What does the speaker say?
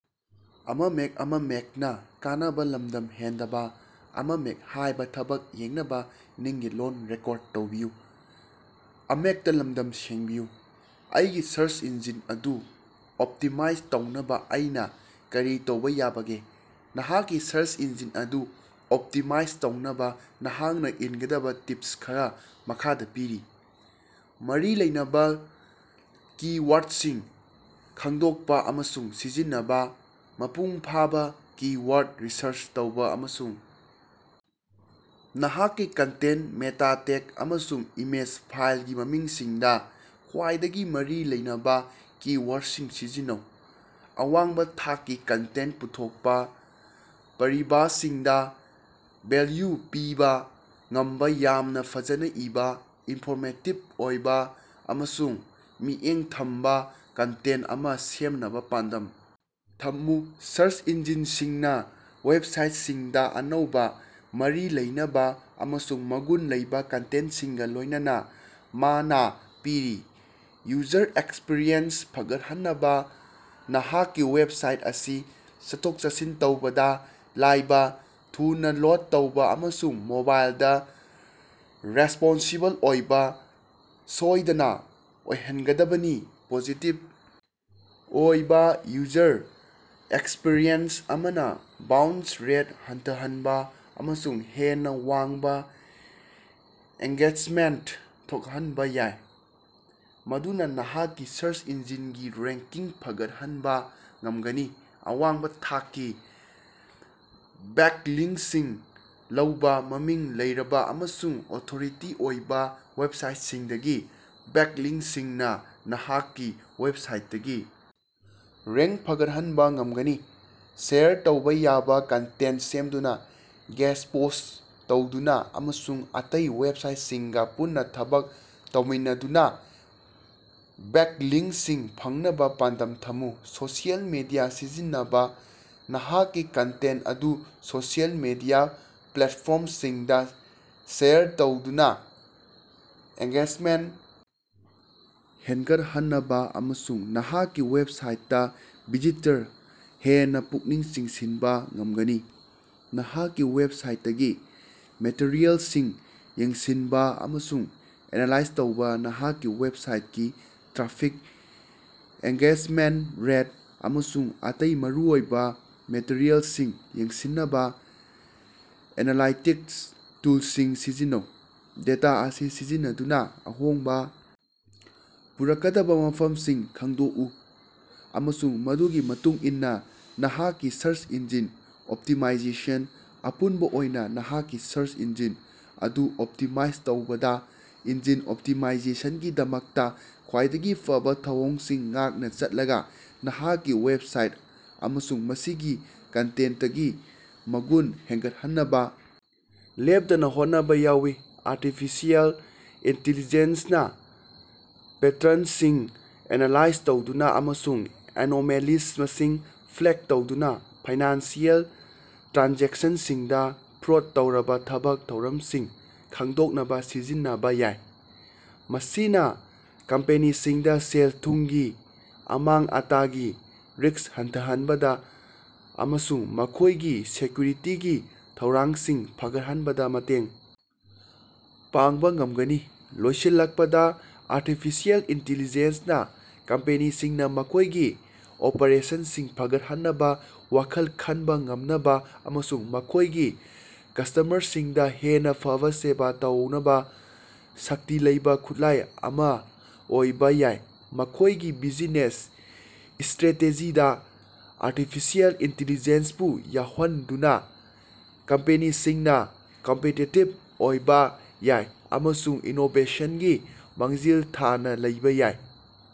ꯑꯩꯒꯤ search engine ꯑꯗꯨ optimise ꯇꯧꯅꯕꯥ ꯑꯩꯅꯥ ꯀꯔꯤ ꯇꯧꯕꯥ ꯌꯥꯕꯒꯦ? ꯅꯍꯥꯛꯀꯤ ꯁꯔꯆ ꯏꯟꯖꯤꯟ ꯑꯗꯨ ꯑꯣꯞꯇꯤꯃꯥꯏꯖ ꯇꯧꯅꯕꯥ ꯅꯍꯥꯛꯅꯥ ꯏꯟꯒꯗꯕꯥ ꯇꯤꯞꯁ ꯈꯔꯥ ꯃꯈꯥꯗꯥ ꯄꯤꯔꯤ: ꯃꯔꯤ ꯂꯩꯅꯕꯥ ꯀꯤ-ꯋꯥꯔꯗꯁꯤꯡ ꯈꯪꯗꯣꯛꯄꯥ ꯑꯃꯁꯨꯡ ꯁꯤꯖꯤꯟꯅꯕꯥ: ꯃꯄꯨꯡꯐꯥꯕꯥ ꯀꯤ-ꯋꯥꯔꯗ ꯔꯤꯁꯔꯆ ꯇꯧꯕꯥ ꯑꯃꯁꯨꯡ ꯅꯍꯥꯛꯀꯤ ꯀꯟꯇꯦꯟꯇ, ꯃꯦꯇꯥ ꯇꯦꯒ, ꯑꯃꯁꯨꯡ ꯏꯃꯦꯖ ꯐꯥꯏꯜꯒꯤ ꯃꯃꯤꯡꯁꯤꯡꯗꯥ ꯈ꯭ꯋꯥꯏꯗꯒꯤ ꯃꯔꯤ ꯂꯩꯅꯕꯥ ꯀꯤ-ꯋꯥꯔꯗꯁꯤꯡ ꯁꯤꯖꯤꯟꯅꯧ꯫ ꯑꯋꯥꯡꯕꯥ ꯊꯥꯛꯀꯤ ꯀꯟꯇꯦꯟꯇ ꯄꯨꯊꯣꯛꯄꯥ: ꯄꯥꯔꯤꯕꯁꯤꯡꯗꯥ ꯚꯦꯜꯌꯨ ꯄꯤꯕꯥ ꯉꯝꯕꯥ ꯌꯥꯝꯅꯥ ꯐꯖꯅꯥ ꯏꯕꯥ, ꯏꯟꯐꯣꯔꯃꯦꯇꯤꯕ ꯑꯣꯏꯕꯥ ꯑꯃꯁꯨꯡ ꯃꯤꯠꯌꯦꯡ ꯊꯝꯕꯥ ꯀꯟꯇꯦꯟꯇ ꯑꯃꯥ ꯁꯦꯝꯅꯕꯥ ꯄꯥꯟꯗꯝ ꯊꯝꯃꯨ꯫ ꯁꯔꯆ ꯏꯟꯖꯤꯟꯁꯤꯡꯅꯥ ꯋꯦꯕꯁꯥꯏꯠꯁꯤꯡꯗꯥ ꯑꯅꯧꯕꯥ, ꯃꯔꯤ ꯂꯩꯅꯕꯥ ꯑꯃꯁꯨꯡ ꯃꯒꯨꯟ ꯂꯩꯕꯥ ꯀꯟꯇꯦꯟꯇꯁꯤꯡꯒꯥ ꯂꯣꯏꯅꯅꯥ ꯃꯅꯥ ꯄꯤꯔꯤ꯫ ꯌꯨꯖꯔ ꯑꯦꯛꯁꯄꯤꯔꯤꯑꯦꯟꯁ ꯐꯒꯠꯍꯟꯅꯕꯥ: ꯅꯍꯥꯛꯀꯤ ꯋꯦꯕꯁꯥꯏꯠ ꯑꯁꯤ ꯆꯠꯊꯣꯛ-ꯆꯠꯁꯤꯟ ꯇꯧꯕꯗꯥ ꯂꯥꯏꯕꯥ, ꯊꯨꯅꯥ ꯂꯣꯗ ꯇꯧꯕꯥ ꯑꯃꯁꯨꯡ ꯃꯣꯕꯥꯏꯜꯗꯥ ꯔꯦꯁꯄꯣꯟꯁꯤꯕꯜ ꯑꯣꯏꯕꯥ ꯁꯣꯏꯗꯅꯥ ꯑꯣꯏꯍꯟꯒꯗꯕꯅꯤ꯫ ꯄꯣꯖꯤꯇꯤꯚ ꯑꯣꯏꯕꯥ ꯌꯨꯖꯔ ꯑꯦꯛꯁꯄꯤꯔꯤꯑꯦꯟꯁ ꯑꯃꯅꯥ ꯕꯥꯎꯟꯁ ꯔꯦꯠ ꯍꯟꯊꯍꯟꯕꯥ ꯑꯃꯁꯨꯡ ꯍꯦꯟꯅꯥ ꯋꯥꯡꯕꯥ ꯑꯦꯡꯒꯦꯖꯃꯦꯟꯇ ꯊꯣꯛꯍꯟꯕꯥ ꯌꯥꯏ, ꯃꯗꯨꯅꯥ ꯅꯍꯥꯛꯀꯤ ꯁꯔꯆ ꯏꯟꯖꯤꯟꯒꯤ ꯔꯦꯡꯀꯤꯡ ꯐꯒꯠꯍꯟꯕꯥ ꯉꯝꯒꯅꯤ꯫ ꯑꯋꯥꯡꯕꯥ ꯊꯥꯛꯀꯤ ꯕꯦꯛꯂꯤꯡꯁꯤꯡ ꯂꯧꯕꯥ: ꯃꯃꯤꯡ ꯂꯩꯔꯕꯥ ꯑꯃꯁꯨꯡ ꯑꯣꯊꯣꯔꯤꯇꯤ ꯑꯣꯏꯕꯥ ꯋꯦꯕꯁꯥꯏꯇꯁꯤꯡꯗꯒꯤ ꯕꯦꯛꯂꯤꯡꯁꯤꯡꯅꯥ ꯅꯍꯥꯛꯀꯤ ꯋꯦꯕꯁꯥꯏꯇꯀꯤ ꯔꯦꯡ ꯐꯒꯠꯍꯟꯕꯥ ꯉꯝꯒꯅꯤ꯫ ꯁꯦꯌꯔ ꯇꯧꯕꯥ ꯌꯥꯕꯥ ꯀꯟꯇꯦꯟꯇ ꯁꯦꯝꯗꯨꯅꯥ, ꯒꯦꯁ ꯄꯣꯁ꯭ꯠ ꯇꯧꯗꯨꯅꯥ, ꯑꯃꯁꯨꯡ ꯑꯇꯩ ꯋꯦꯕꯁꯥꯏꯇꯁꯤꯡꯒꯥ ꯄꯨꯟꯅꯥ ꯊꯕꯛ ꯇꯧꯃꯤꯟꯅꯗꯨꯅꯥ ꯕꯦꯛꯂꯤꯡꯀꯁꯤꯡ ꯐꯪꯅꯕꯥ ꯄꯥꯟꯗꯝ ꯊꯝꯃꯨ꯫ ꯁꯣꯁꯤꯑꯦꯜ ꯃꯤꯗꯤꯌꯥ ꯁꯤꯖꯤꯟꯅꯕꯥ: ꯅꯍꯥꯛꯀꯤ ꯀꯟꯇꯦꯟꯇ ꯑꯗꯨ ꯁꯣꯁꯤꯑꯦꯜ ꯃꯤꯗꯤꯌꯥ ꯄ꯭ꯂꯦꯠꯐꯣꯔꯝꯁꯤꯡꯗꯥ ꯁꯦꯌꯔ ꯇꯧꯗꯨꯅꯥ ꯑꯦꯡꯒꯦꯖꯃꯦꯟꯇ ꯍꯦꯟꯒꯠꯍꯟꯅꯕꯥ ꯑꯃꯁꯨꯡ ꯅꯍꯥꯛꯀꯤ ꯋꯦꯕꯁꯥꯏꯇꯇꯥ ꯚꯤꯖꯤꯇꯔ ꯍꯦꯟꯅꯥ ꯄꯨꯛꯅꯤꯡ ꯆꯤꯡꯁꯤꯟꯕꯥ ꯉꯝꯒꯅꯤ꯫ ꯅꯍꯥꯛꯀꯤ ꯋꯦꯕꯁꯥꯏꯇꯀꯤ ꯃꯦꯇꯔꯤꯑꯦꯜꯁꯤꯡ ꯌꯦꯡꯁꯤꯟꯕꯥ ꯑꯃꯁꯨꯡ ꯑꯦꯅꯥꯂꯥꯏꯖ ꯇꯧꯕꯥ ꯅꯍꯥꯛꯀꯤ ꯋꯦꯕꯁꯥꯏꯇꯀꯤ ꯇ꯭ꯔꯥꯐꯤꯛ, ꯑꯦꯡꯒꯦꯖꯃꯦꯟꯇ ꯔꯦꯠ, ꯑꯃꯁꯨꯡ ꯑꯇꯩ ꯃꯔꯨꯑꯣꯏꯕꯥ ꯃꯦꯇꯔꯤꯑꯦꯜꯁꯤꯡ ꯌꯦꯡꯁꯤꯟꯅꯕꯥ ꯑꯦꯅꯥꯂꯥꯏꯇꯤꯛꯁ ꯇꯨꯜꯁꯤꯡ ꯁꯤꯖꯤꯟꯅꯧ꯫ ꯗꯦꯇꯥ ꯑꯁꯤ ꯁꯤꯖꯤꯟꯅꯗꯨꯅꯥ ꯑꯍꯣꯡꯕꯥ ꯄꯨꯔꯛꯀꯗꯕꯥ ꯃꯐꯝꯁꯤꯡ ꯈꯪꯗꯣꯛꯎ ꯑꯃꯁꯨꯡ ꯃꯗꯨꯒꯤ ꯃꯇꯨꯡ ꯏꯟꯅꯥ ꯅꯍꯥꯛꯀꯤ ꯁꯔꯁ ꯏꯟꯖꯤꯟ ꯑꯣꯞꯇꯤꯃꯥꯏꯖꯦꯁꯟ ꯑꯄꯨꯟꯕꯥ ꯑꯣꯏꯅꯥ, ꯅꯍꯥꯛꯀꯤ ꯁꯔꯆ ꯏꯟꯖꯤꯟ ꯑꯗꯨ ꯑꯣꯞꯇꯤꯃꯥꯏꯖ ꯇꯧꯕꯗꯥ ꯏꯟꯖꯤꯟ ꯑꯣꯞꯇꯤꯃꯥꯏꯖꯦꯁꯟꯒꯤꯗꯃꯛꯇꯥ ꯈ꯭ꯋꯥꯏꯗꯒꯤ ꯐꯕꯥ ꯊꯧꯑꯣꯡꯁꯤꯡ ꯉꯥꯛꯅꯥ ꯆꯠꯂꯒꯥ ꯅꯍꯥꯛꯀꯤ ꯋꯦꯕꯁꯥꯏꯠ ꯑꯃꯁꯨꯡ ꯃꯁꯤꯒꯤ ꯀꯟꯇꯦꯟꯇꯀꯤ ꯃꯒꯨꯟ ꯍꯦꯟꯒꯠꯍꯟꯅꯕꯥ ꯂꯦꯞꯇꯅꯥ ꯍꯣꯠꯅꯕꯥ ꯌꯥꯎꯏ꯫ ꯑꯥꯔꯇꯤꯐꯤꯁꯤꯑꯦꯜ ꯏꯟꯇꯤꯂꯤꯖꯦꯟꯁꯅꯥ ꯄꯦꯇ꯭ꯔꯟꯁꯤꯡ ꯑꯦꯅꯥꯂꯥꯏꯖ ꯇꯧꯗꯨꯅꯥ ꯑꯃꯁꯨꯡ ꯑꯦꯅꯣꯃꯦꯂꯤꯖꯃꯁꯤꯡ ꯐ꯭ꯂꯦꯛ ꯇꯧꯗꯨꯅꯥ ꯐꯥꯏꯅꯥꯟꯁꯤꯑꯦꯜ ꯇ꯭ꯔꯥꯟꯖꯦꯛꯁꯟꯁꯤꯡꯗꯥ ꯐ꯭ꯔꯣꯗ ꯇꯧꯔꯕꯥ ꯊꯕꯛ ꯊꯧꯔꯝꯁꯤꯡ ꯈꯪꯗꯣꯛꯅꯕꯥ ꯁꯤꯖꯤꯟꯅꯕꯥ ꯌꯥꯏ꯫ ꯃꯁꯤꯅꯥ ꯀꯝꯄꯦꯅꯤꯁꯤꯡꯗꯥ ꯁꯦꯜ-ꯊꯨꯝꯒꯤ ꯑꯃꯥꯡ-ꯑꯇꯥꯒꯤ ꯔꯤꯀꯁ ꯍꯟꯊꯍꯟꯕꯗꯥ ꯑꯃꯁꯨꯡ ꯃꯈꯣꯏꯒꯤ ꯁꯦꯀ꯭ꯌꯨꯔꯤꯇꯤꯒꯤ ꯊꯧꯔꯥꯡꯁꯤꯡ ꯐꯒꯠꯍꯟꯕꯗꯥ ꯃꯇꯦꯡ ꯄꯥꯡꯕꯥ ꯉꯝꯒꯅꯤ꯫ ꯂꯣꯏꯁꯤꯜꯂꯛꯄꯗꯥ ꯑꯥꯔꯇꯤꯐꯤꯁꯤꯑꯦꯜ ꯏꯟꯇꯤꯂꯤꯖꯦꯟꯁꯅꯥ ꯀꯝꯄꯦꯅꯤꯁꯤꯡꯅꯥ ꯃꯈꯣꯏꯒꯤ ꯑꯣꯄꯥꯔꯦꯁꯟꯁꯤꯡ ꯐꯒꯠꯍꯟꯅꯕꯥ, ꯋꯥꯈꯜ ꯈꯟꯕꯥ ꯉꯝꯅꯕꯥ ꯑꯃꯁꯨꯡ ꯃꯈꯣꯏꯒꯤ ꯀꯁꯇꯝꯃꯔꯁꯤꯡꯗꯥ ꯍꯦꯟꯅꯥ ꯐꯕꯥ ꯁꯦꯕꯥ ꯇꯧꯅꯕꯥ ꯁꯛꯇꯤ ꯂꯩꯕꯥ ꯈꯨꯠꯂꯥꯏ ꯑꯃꯥ ꯑꯣꯏꯕꯥ ꯌꯥꯏ꯫ ꯃꯈꯣꯏꯒꯤ ꯕꯤꯖꯤꯅꯦꯁ ꯏꯁꯇ꯭ꯔꯦꯇꯦꯖꯤꯗꯥ ꯑꯥꯔꯇꯤꯐꯤꯁꯤꯑꯦꯜ ꯏꯟꯇꯤꯂꯤꯖꯦꯟꯁꯕꯨ ꯌꯥꯎꯍꯟꯗꯨꯅꯥ ꯀꯝꯄꯦꯅꯤꯁꯤꯡꯅꯥ ꯀꯝꯄꯤꯇꯤꯇꯤꯕ ꯑꯣꯏꯕꯥ ꯌꯥꯏ ꯑꯃꯁꯨꯡ ꯏꯅꯣꯕꯦꯁꯟꯒꯤ ꯃꯥꯡꯖꯤꯜ ꯊꯥꯅꯥ ꯂꯩꯕꯥ ꯌꯥꯏ꯫